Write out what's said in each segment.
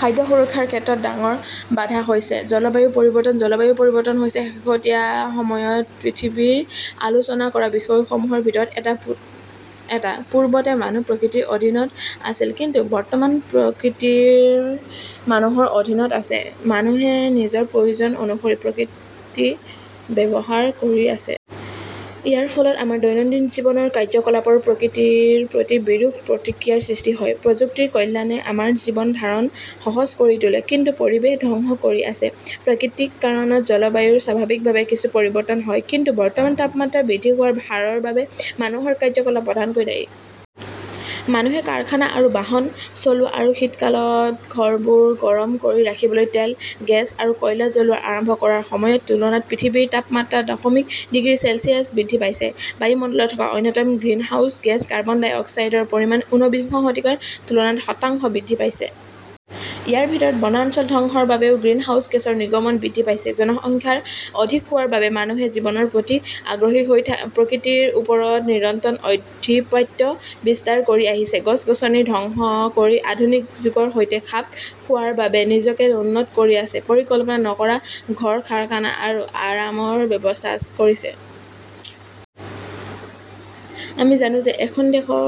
খাদ্য সুৰক্ষাৰ ক্ষেত্ৰত ডাঙৰ বাধা হৈছে, জলবায়ু পৰিৱৰ্তন। জলবায়ু পৰিৱৰ্তন হৈছে শেহতীয়া সময়ত পৃথিৱীত আলোচনা কৰা বিষয়সমূহৰ ভিতৰত এটা। পূৰ্বতে মানুহ প্ৰকৃতিৰ অধীনত আছিল; কিন্তু বৰ্তমান প্ৰকৃতি মানুহৰ অধীনত আছে। মানুহে নিজৰ প্ৰয়োজন অনুসৰি প্ৰকৃতি ব্যৱহাৰ কৰি আছে। ইয়াৰ ফলত আমাৰ দৈনন্দিন জীৱনৰ কাৰ্যকলাপৰ প্ৰকৃতিৰ প্ৰতি বিৰূপ প্ৰতিক্ৰিয়াৰ সৃষ্টি হয়। প্ৰযুক্তিৰ কল্যাণে আমাৰ জীৱন ধাৰণ সহজ কৰি তোলে, কিন্তু পৰিৱেশ ধ্বংস কৰি আছে। প্ৰাকৃতিক কাৰণত জলবায়ুৰ স্বাভাৱিকভাৱে কিছু পৰিৱৰ্তন হয়। কিন্তু বৰ্তমান তাপমাত্ৰা বৃদ্ধি হোৱাৰ হাৰৰ বাবে মানুহৰ কাৰ্যকলাপ প্ৰধানকৈ দায়ী। মানুহে কাৰখানা আৰু বাহন চলোৱা আৰু শীতকালত ঘৰবোৰ গৰম কৰি ৰাখিবলৈ তেল, গেছ আৰু কয়লা জ্বলোৱা আৰম্ভ কৰাৰ সময়ৰ তুলনাত পৃথিৱীৰ তাপমাত্ৰা দশমিক ডিগ্ৰী চেলছিয়াছ বৃদ্ধি পাইছে। বায়ুমণ্ডলত থকা অন্যতম গ্ৰিনহাউচ গেছ কাৰ্বন ডাই অক্সাইডৰ পৰিমাণ ঊনবিংশ শতিকাৰ তুলনাত শতাংশ বৃদ্ধি পাইছে। ইয়াৰ ভিতৰত, বনাঞ্চল ধ্বংসৰ বাবেও গ্ৰিনহাউচ গেছৰ নিৰ্গমন বৃদ্ধি পাইছে। জনসংখ্যা অধিক হোৱাৰ বাবে মানুহে জীৱনৰ প্ৰতি আগ্ৰহী হৈ প্ৰকৃতিৰ ওপৰত নিৰন্তৰ আধিপত্য বিস্তাৰ কৰি আহিছে। গছ-গছনি ধ্বংস কৰি আধুনিক যুগৰ সৈতে খাপ খোৱাৰ বাবে নিজকে উন্নত কৰি আছে, পৰিকল্পনা নকৰা ঘৰ, কাৰখানা আৰু আৰামৰ ব্যৱস্থা কৰিছে। আমি জানো যে, এখন দেশৰ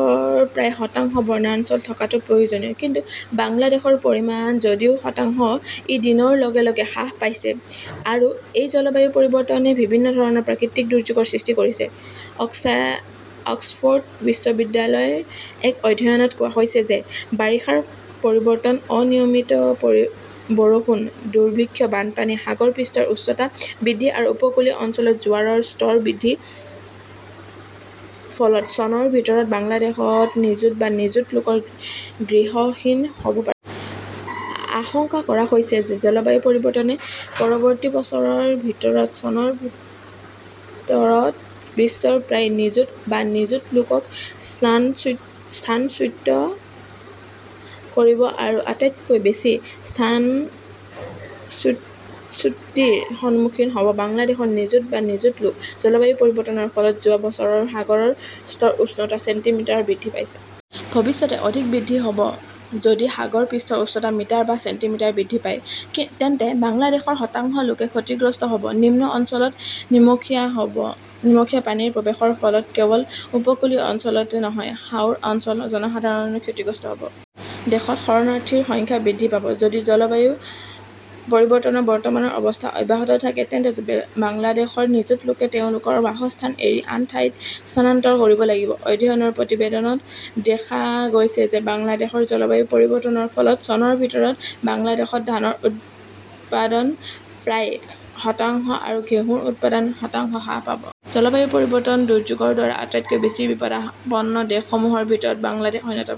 প্ৰায় শতাংশ বনাঞ্চল থকাটো প্ৰয়োজনীয়, কিন্তু বাংলাদেশৰ পৰিমাণ যদিও শতাংশ, ই দিনৰ লগে লগে হ্ৰাস পাইছে। আৰু এই জলবায়ু পৰিৱৰ্তনে বিভিন্ন ধৰণৰ প্ৰাকৃতিক দুৰ্যোগৰ সৃষ্টি কৰিছে। অক্সফ'ৰ্ড বিশ্ববিদ্যালয়ৰ এক অধ্যয়নত কোৱা হৈছে যে, বাৰিষাৰ পৰিৱৰ্তন, অনিয়মিত বৰষুণ, দুৰ্ভিক্ষ, বানপানী, সাগৰৰ পৃষ্ঠৰ উচ্চতা বৃদ্ধি আৰু উপকূলীয় অঞ্চলত জোৱাৰৰ স্তৰ বৃদ্ধিৰ ফলত চনৰ ভিতৰত বাংলাদেশত নিযুত বা নিযুত লোক গৃহহীন হ'ব পাৰে। আশংকা কৰা হৈছে যে, জলবায়ু পৰিৱৰ্তনে পৰৱৰ্তী বছৰৰ ভিতৰত, চনৰ ভিতৰত বিশ্বৰ প্ৰায় নিযুত বা নিযুত লোকক স্থানচ্যুত কৰিব আৰু আটাইতকৈ বেছি স্থানচ্যুতিৰ সন্মুখীন হ'ব বাংলাদেশৰ নিযুত বা নিযুত লোক। জলবায়ু পৰিৱৰ্তনৰ ফলত যোৱা বছৰত সাগৰৰ স্তৰৰ উচ্চতা ছেণ্টিমিটাৰ বৃদ্ধি পাইছে। ভৱিষ্যতে অধিক বৃদ্ধি হ'ব, যদি সাগৰ পৃষ্ঠৰ উচ্চতা মিটাৰ বা ছেণ্টিমিটাৰ বৃদ্ধি পায়, তেন্তে বাংলাদেশৰ শতাংশ লোকে ক্ষতিগ্ৰস্ত হ'ব। নিম্ন অঞ্চলত নিমখীয়া পানীৰ প্ৰৱেশৰ ফলত কেৱল উপকূলীয় অঞ্চলতে নহয়, হাওৰ অঞ্চলৰ জনসাধাৰণো ক্ষতিগ্ৰস্ত হ'ব। দেশত শৰণাৰ্থীৰ সংখ্যা বৃদ্ধি পাব। যদি জলবায়ু পৰিৱৰ্তনৰ বৰ্তমানৰ অৱস্থা অব্যাহত থাকে, তেন্তে বাংলাদেশৰ নিযুত লোকে তেওঁলোকৰ বাসস্থান এৰি আন ঠাইত স্থানান্তৰ কৰিব লাগিব। অধ্যয়নৰ প্ৰতিবেদনত দেখা গৈছে যে বাংলাদেশৰ জলবায়ু পৰিৱৰ্তনৰ ফলত চনৰ ভিতৰত বাংলাদেশত ধানৰ উৎপাদন প্ৰায় শতাংশ আৰু ঘেঁহুৰ উৎপাদন শতাংশ হ্ৰাস পাব। জলবায়ু পৰিৱৰ্তন দুৰ্যোগৰ দ্বাৰা আটাইতকৈ বেছি বিপদাপন্ন দেশসমূহৰ ভিতৰত বাংলাদেশ অন্যতম।